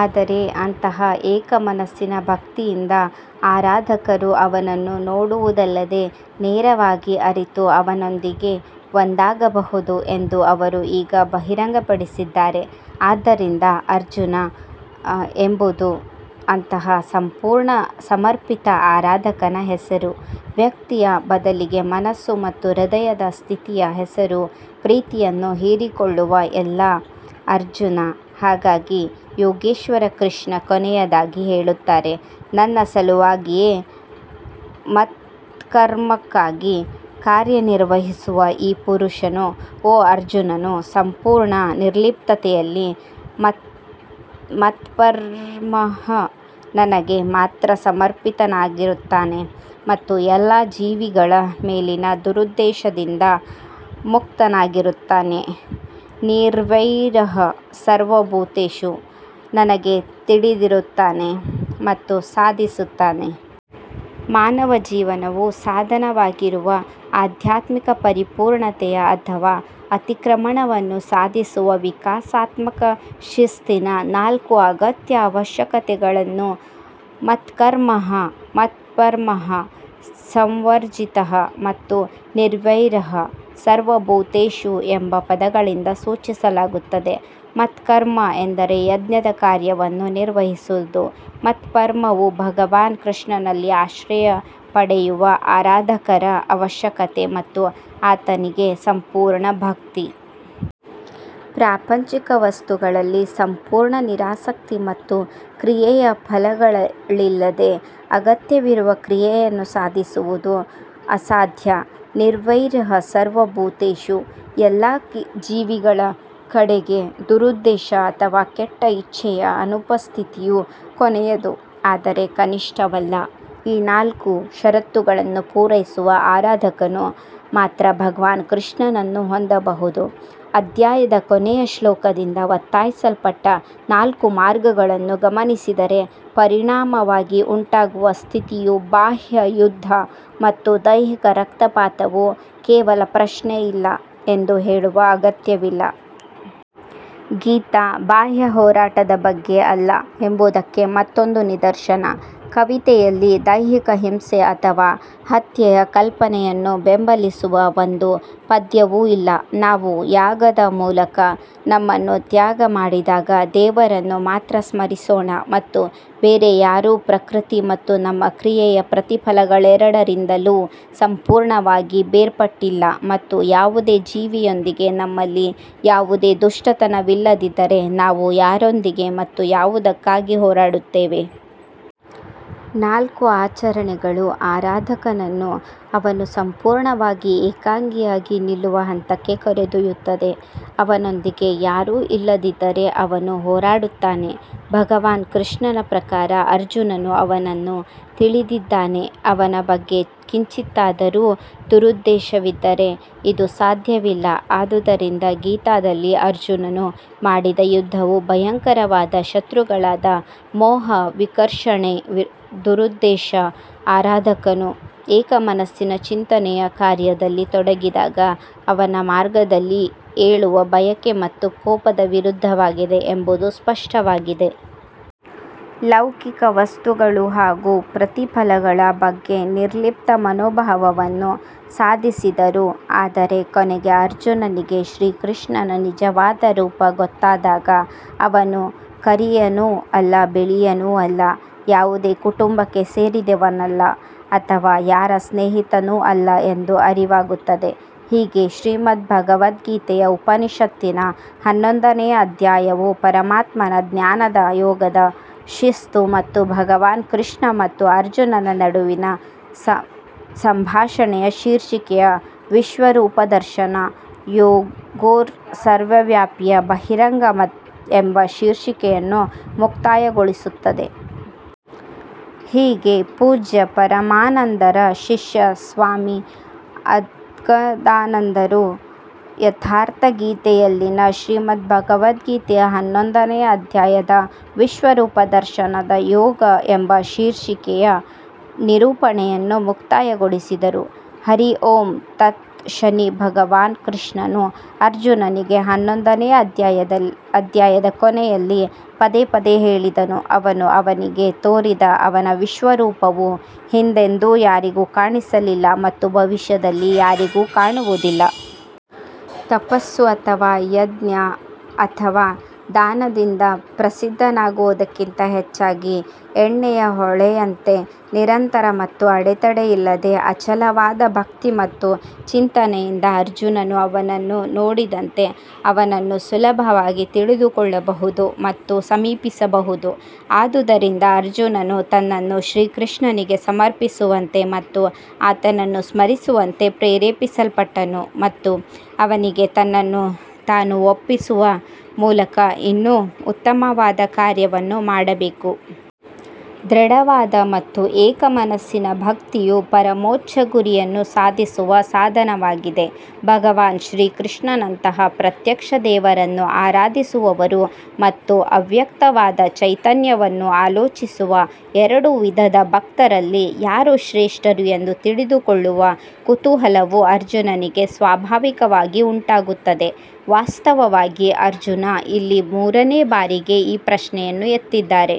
ಆದರೆ ಅಂತಹ ಏಕಮನಸ್ಸಿನ ಭಕ್ತಿಯಿಂದ ಆರಾಧಕರು ಅವನನ್ನು ನೋಡುವುದಲ್ಲದೆ ನೇರವಾಗಿ ಅರಿತು ಅವನೊಂದಿಗೆ ಒಂದಾಗಬಹುದು ಎಂದು ಅವರು ಈಗ ಬಹಿರಂಗಪಡಿಸಿದ್ದಾರೆ. ಆದ್ದರಿಂದ ಅರ್ಜುನ್ ಎಂಬುದು ಅಂತಹ ಸಂಪೂರ್ಣ ಸಮರ್ಪಿತ ಆರಾಧಕನ ಹೆಸರು ವ್ಯಕ್ತಿಯ ಬದಲಿಗೆ ಮನಸ್ಸು ಮತ್ತು ಹೃದಯದ ಸ್ಥಿತಿಯ ಹೆಸರು ಪ್ರೀತಿಯನ್ನು ಹೀರಿಕೊಳ್ಳುವ ಎಲ್ಲಾ ಅರ್ಜುನ್ ಹಾಗಾಗಿ ಯೋಗೇಶ್ವರ್ ಕೃಷ್ಣ ಕೊನೆಯದಾಗಿ ಹೇಳುತ್ತಾರೆ ನನ್ನ ಸಲುವಾಗಿಯೇ ಮತ್ಕರ್ಮಕ್ಕಾಗಿ ಕಾರ್ಯನಿರ್ವಹಿಸುವ ಈ ಪುರುಷನು ಓ ಅರ್ಜುನನು ಸಂಪೂರ್ಣ ನಿರ್ಲಿಪ್ತತೆಯಲ್ಲಿ ಮತ್ಪರ್ಮಃ ನನಗೆ ಮಾತ್ರ ಸಮರ್ಪಿತನಾಗಿರುತ್ತಾನೆ ಮತ್ತು ಎಲ್ಲಾ ಜೀವಿಗಳ ಮೇಲಿನ ದುರುದ್ದೇಶದಿಂದ ಮುಕ್ತನಾಗಿರುತ್ತಾನೆ ನಿರ್ವೈರಃ ಸರ್ವಭೂತೇಷು ನನಗೆ ತಿಳಿದಿರುತ್ತಾನೆ ಮತ್ತು ಸಾಧಿಸುತ್ತಾನೆ. ಮಾನವ ಜೀವನವು ಸಾಧನವಾಗಿರುವ ಆಧ್ಯಾತ್ಮಿಕ ಪರಿಪೂರ್ಣತೆ ಅಥವಾ ಅತಿಕ್ರಮಣವನ್ನು ಸಾಧಿಸುವ ವಿಕಾಸಾತ್ಮಕ ಶಿಸ್ತಿನ ನಾಲ್ಕು ಅಗತ್ಯ ಅವಶ್ಯಕತೆಗಳನ್ನು ಮತ್ಕರ್ಮಃ ಮತ್ಪರ್ಮಃ ಸಂವರ್ಜಿತಃ ಮತ್ತು ನಿರ್ವೈರಃ ಸರ್ವಭೂತೇಷು ಎಂಬ ಪದಗಳಿಂದ ಸೂಚಿಸಲಾಗುತ್ತದೆ. ಮತ್ಕರ್ಮ ಎಂದರೆ ಯಜ್ಞದ ಕಾರ್ಯವನ್ನು ನಿರ್ವಹಿಸುವುದು ಮತ್ಪರ್ಮವು ಭಗವಾನ್ ಕೃಷ್ಣನಲ್ಲಿ ಆಶ್ರಯ ಪಡೆಯುವ ಆರಾಧಕರ ಅವಶ್ಯಕತೆ ಮತ್ತು ಆತನಿಗೆ ಸಂಪೂರ್ಣ ಭಕ್ತಿ. ಪ್ರಾಪಂಚಿಕ ವಸ್ತುಗಳಲ್ಲಿ ಸಂಪೂರ್ಣ ನಿರಾಸಕ್ತಿ ಮತ್ತು ಕ್ರಿಯೆಯ ಫಲಗಳಿಲ್ಲದೆ ಅಗತ್ಯವಿರುವ ಕ್ರಿಯೆಯನ್ನು ಸಾಧಿಸುವುದು ಅಸಾಧ್ಯ. ನಿರ್ವ್ರೈರಃ ಸರ್ವಭೂತೇಷು ಎಲ್ಲಾ ಜೀವಿಗಳ ಕಡೆಗೆ ದುರುದ್ದೇಶ ಅಥವಾ ಕೆಟ್ಟ ಇಚ್ಛೆಯ ಅನುಪಸ್ಥಿತಿಯು ಕೊನೆಯದು ಆದರೆ ಕನಿಷ್ಠವಲ್ಲ ಈ ನಾಲ್ಕು ಷರತ್ತುಗಳನ್ನು ಪೂರೈಸುವ ಆರಾಧಕನು ಮಾತ್ರ ಭಗವಾನ್ ಕೃಷ್ಣನನ್ನು ಹೊಂದಬಹುದು ಅಧ್ಯಾಯದ ಕೊನೆಯ ಶ್ಲೋಕದಿಂದ ಒತ್ತಾಯಿಸಲ್ಪಟ್ಟ ನಾಲ್ಕು ಮಾರ್ಗಗಳನ್ನು ಗಮನಿಸಿದರೆ ಪರಿಣಾಮವಾಗಿ ಉಂಟಾಗುವ ಸ್ಥಿತಿಯು ಬಾಹ್ಯ ಯುದ್ಧ ಮತ್ತು ದೈಹಿಕ ರಕ್ತಪಾತವು ಕೇವಲ ಪ್ರಶ್ನೆಯಿಲ್ಲ ಎಂದು ಹೇಳುವ ಅಗತ್ಯವಿಲ್ಲ. ಗೀತಾ ಬಾಹ್ಯ ಹೋರಾಟದ ಬಗ್ಗೆ ಅಲ್ಲ ಎಂಬುದಕ್ಕೆ ಮತ್ತೊಂದು ನಿದರ್ಶನ ಕವಿತೆಯಲ್ಲಿ ದೈಹಿಕ ಹಿಂಸೆ ಅಥವಾ ಹತ್ಯೆಯ ಕಲ್ಪನೆಯನ್ನು ಬೆಂಬಲಿಸುವ ಒಂದು ಪದ್ಯವೂ ಇಲ್ಲ ನಾವು ಯಾಗದ ಮೂಲಕ ನಮ್ಮನ್ನು ತ್ಯಾಗ ಮಾಡಿದಾಗ ದೇವರನ್ನು ಮಾತ್ರ ಸ್ಮರಿಸೋಣ ಮತ್ತು ಬೇರೆ ಯಾರೂ ಪ್ರಕೃತಿ ಮತ್ತು ನಮ್ಮ ಕ್ರಿಯೆಯ ಪ್ರತಿಫಲಗಳೆರಡರಿಂದಲೂ ಸಂಪೂರ್ಣವಾಗಿ ಬೇರ್ಪಟ್ಟಿಲ್ಲ ಮತ್ತು ಯಾವುದೇ ಜೀವಿಯೊಂದಿಗೆ ನಮ್ಮಲ್ಲಿ ಯಾವುದೇ ದುಷ್ಟತನವಿಲ್ಲದಿದ್ದರೆ ನಾವು ಯಾರೊಂದಿಗೆ ಮತ್ತು ಯಾವುದಕ್ಕಾಗಿ ಹೋರಾಡುತ್ತೇವೆ. ನಾಲ್ಕು ಆಚರಣೆಗಳು ಆರಾಧಕನನ್ನು ಅವನು ಸಂಪೂರ್ಣವಾಗಿ ಏಕಾಂಗಿಯಾಗಿ ನಿಲ್ಲುವ ಹಂತಕ್ಕೆ ಕರೆದೊಯ್ಯುತ್ತದೆ ಅವನೊಂದಿಗೆ ಯಾರೂ ಇಲ್ಲದಿದ್ದರೆ ಅವನು ಹೋರಾಡುತ್ತಾನೆ ಭಗವಾನ್ ಕೃಷ್ಣನ ಪ್ರಕಾರ ಅರ್ಜುನನು ಅವನನ್ನು ತಿಳಿದಿದ್ದಾನೆ ಅವನ ಬಗ್ಗೆ ಕಿಂಚಿತ್ತಾದರೂ ದುರುದ್ದೇಶವಿದ್ದರೆ ಇದು ಸಾಧ್ಯವಿಲ್ಲ ಆದುದರಿಂದ ಗೀತಾದಲ್ಲಿ ಅರ್ಜುನನು ಮಾಡಿದ ಯುದ್ಧವು ಭಯಂಕರವಾದ ಶತ್ರುಗಳಾದ ಮೋಹ ವಿಕರ್ಷಣೆ ದುರುದ್ದೇಶ ಆರಾಧಕನು ಏಕಮನಸ್ಸಿನ ಚಿಂತನೆಯ ಕಾರ್ಯದಲ್ಲಿ ತೊಡಗಿದಾಗ ಅವನ ಮಾರ್ಗದಲ್ಲಿ ಏಳುವ ಬಯಕೆ ಮತ್ತು ಕೋಪದ ವಿರುದ್ಧವಾಗಿದೆ ಎಂಬುದು ಸ್ಪಷ್ಟವಾಗಿದೆ. ಲೌಕಿಕ ವಸ್ತುಗಳು ಹಾಗೂ ಪ್ರತಿಫಲಗಳ ಬಗ್ಗೆ ನಿರ್ಲಿಪ್ತ ಮನೋಭಾವವನ್ನು ಸಾಧಿಸಿದರು ಆದರೆ ಕೊನೆಗೆ ಅರ್ಜುನನಿಗೆ ಶ್ರೀಕೃಷ್ಣನ ನಿಜವಾದ ರೂಪ ಗೊತ್ತಾದಾಗ ಅವನು ಕರಿಯನೂ ಅಲ್ಲ ಬಿಳಿಯೂ ಅಲ್ಲ ಯಾವುದೇ ಕುಟುಂಬಕ್ಕೆ ಸೇರಿದವನಲ್ಲ ಅಥವಾ ಯಾರ ಸ್ನೇಹಿತನೂ ಅಲ್ಲ ಎಂದು ಅರಿವಾಗುತ್ತದೆ. ಹೀಗೆ ಶ್ರೀಮದ್ಭಗವದ್ಗೀತೆಯ ಉಪನಿಷತ್ತಿನ ಹನ್ನೊಂದನೇ ಅಧ್ಯಾಯವು ಪರಮಾತ್ಮನ ಜ್ಞಾನದ ಯೋಗದ ಶಿಸ್ತು ಮತ್ತು ಭಗವಾನ್ ಕೃಷ್ಣ ಮತ್ತು ಅರ್ಜುನನ ನಡುವಿನ ಸಂಭಾಷಣೆಯ ಶೀರ್ಷಿಕೆಯ ವಿಶ್ವರೂಪ ದರ್ಶನ ಯೋಗೋರ್ ಸರ್ವವ್ಯಾಪಿಯ ಬಹಿರಂಗ ಎಂಬ ಶೀರ್ಷಿಕೆಯನ್ನು ಮುಕ್ತಾಯಗೊಳಿಸುತ್ತದೆ. ಹೀಗೆ ಪೂಜ್ಯ ಪರಮಾನಂದರ ಶಿಷ್ಯ ಸ್ವಾಮಿ ಅದ್ಗದಾನಂದರು ಯಥಾರ್ಥ ಗೀತೆಯಲ್ಲಿನ ಶ್ರೀಮದ್ಭಗವದ್ಗೀತೆಯ ಹನ್ನೊಂದನೇ ಅಧ್ಯಾಯದ ವಿಶ್ವರೂಪ ದರ್ಶನ ಯೋಗ ಎಂಬ ಶೀರ್ಷಿಕೆಯ ನಿರೂಪಣೆಯನ್ನು ಮುಕ್ತಾಯಗೊಳಿಸಿದರು. ಹರಿ ಓಂ ತತ್ ಶನಿ ಭಗವಾನ್ ಕೃಷ್ಣನು ಅರ್ಜುನನಿಗೆ ಹನ್ನೊಂದನೇ ಅಧ್ಯಾಯದ ಕೊನೆಯಲ್ಲಿ ಪದೇ ಪದೇ ಹೇಳಿದನು ಅವನು ಅವನಿಗೆ ತೋರಿದ ಅವನ ವಿಶ್ವರೂಪವು ಹಿಂದೆಂದೂ ಯಾರಿಗೂ ಕಾಣಿಸಲಿಲ್ಲ ಮತ್ತು ಭವಿಷ್ಯದಲ್ಲಿ ಯಾರಿಗೂ ಕಾಣಿಸುವುದಿಲ್ಲ. ತಪಸ್ಸು ಅಥವಾ ಯಜ್ಞ ಅಥವಾ ದಾನದಿಂದ ಪ್ರಸಿದ್ಧನಾಗುವುದಕ್ಕಿಂತ ಹೆಚ್ಚಾಗಿ ಎಣ್ಣೆಯ ಹೊಳೆಯಂತೆ ನಿರಂತರ ಮತ್ತು ಅಡೆತಡೆಯಿಲ್ಲದ ಅಚಲವಾದ ಭಕ್ತಿ ಮತ್ತು ಚಿಂತನೆಯಿಂದ ಅರ್ಜುನನು ಅವನನ್ನು ನೋಡಿದಂತೆ ಅವನನ್ನು ಸುಲಭವಾಗಿ ತಿಳಿದುಕೊಳ್ಳಬಹುದು ಮತ್ತು ಸಮೀಪಿಸಬಹುದು. ಆದುದರಿಂದ ಅರ್ಜುನನು ತನ್ನನ್ನು ಶ್ರೀಕೃಷ್ಣನಿಗೆ ಸಮರ್ಪಿಸುವಂತೆ ಮತ್ತು ಆತನನ್ನು ಸ್ಮರಿಸುವಂತೆ ಪ್ರೇರೇಪಿಸಲ್ಪಟ್ಟನು ಮತ್ತು ಅವನಿಗೆ ತನ್ನನ್ನು ತಾನು ಒಪ್ಪಿಸುವ ಮೂಲಕ ಇನ್ನೂ ಉತ್ತಮವಾದ ಕಾರ್ಯವನ್ನು ಮಾಡಬೇಕು. ದೃಢವಾದ ಮತ್ತು ಏಕ ಮನಸ್ಸಿನ ಭಕ್ತಿಯು ಪರಮೋಚ್ಚ ಗುರಿಯನ್ನು ಸಾಧಿಸುವ ಸಾಧನವಾಗಿದೆ ಭಗವಾನ್ ಶ್ರೀಕೃಷ್ಣನಂತಹ ಪ್ರತ್ಯಕ್ಷ ದೇವರನ್ನು ಆರಾಧಿಸುವವರು ಮತ್ತು ಅವ್ಯಕ್ತವಾದ ಚೈತನ್ಯವನ್ನು ಆಲೋಚಿಸುವ ಎರಡು ವಿಧದ ಭಕ್ತರಲ್ಲಿ ಯಾರು ಶ್ರೇಷ್ಠರು ಎಂದು ತಿಳಿದುಕೊಳ್ಳುವ ಕುತೂಹಲವು ಅರ್ಜುನನಿಗೆ ಸ್ವಾಭಾವಿಕವಾಗಿ ಉಂಟಾಗುತ್ತದೆ. ವಾಸ್ತವವಾಗಿ ಅರ್ಜುನ್ ಇಲ್ಲಿ ಮೂರನೇ ಬಾರಿಗೆ ಈ ಪ್ರಶ್ನೆಯನ್ನು ಎತ್ತಿದ್ದಾರೆ.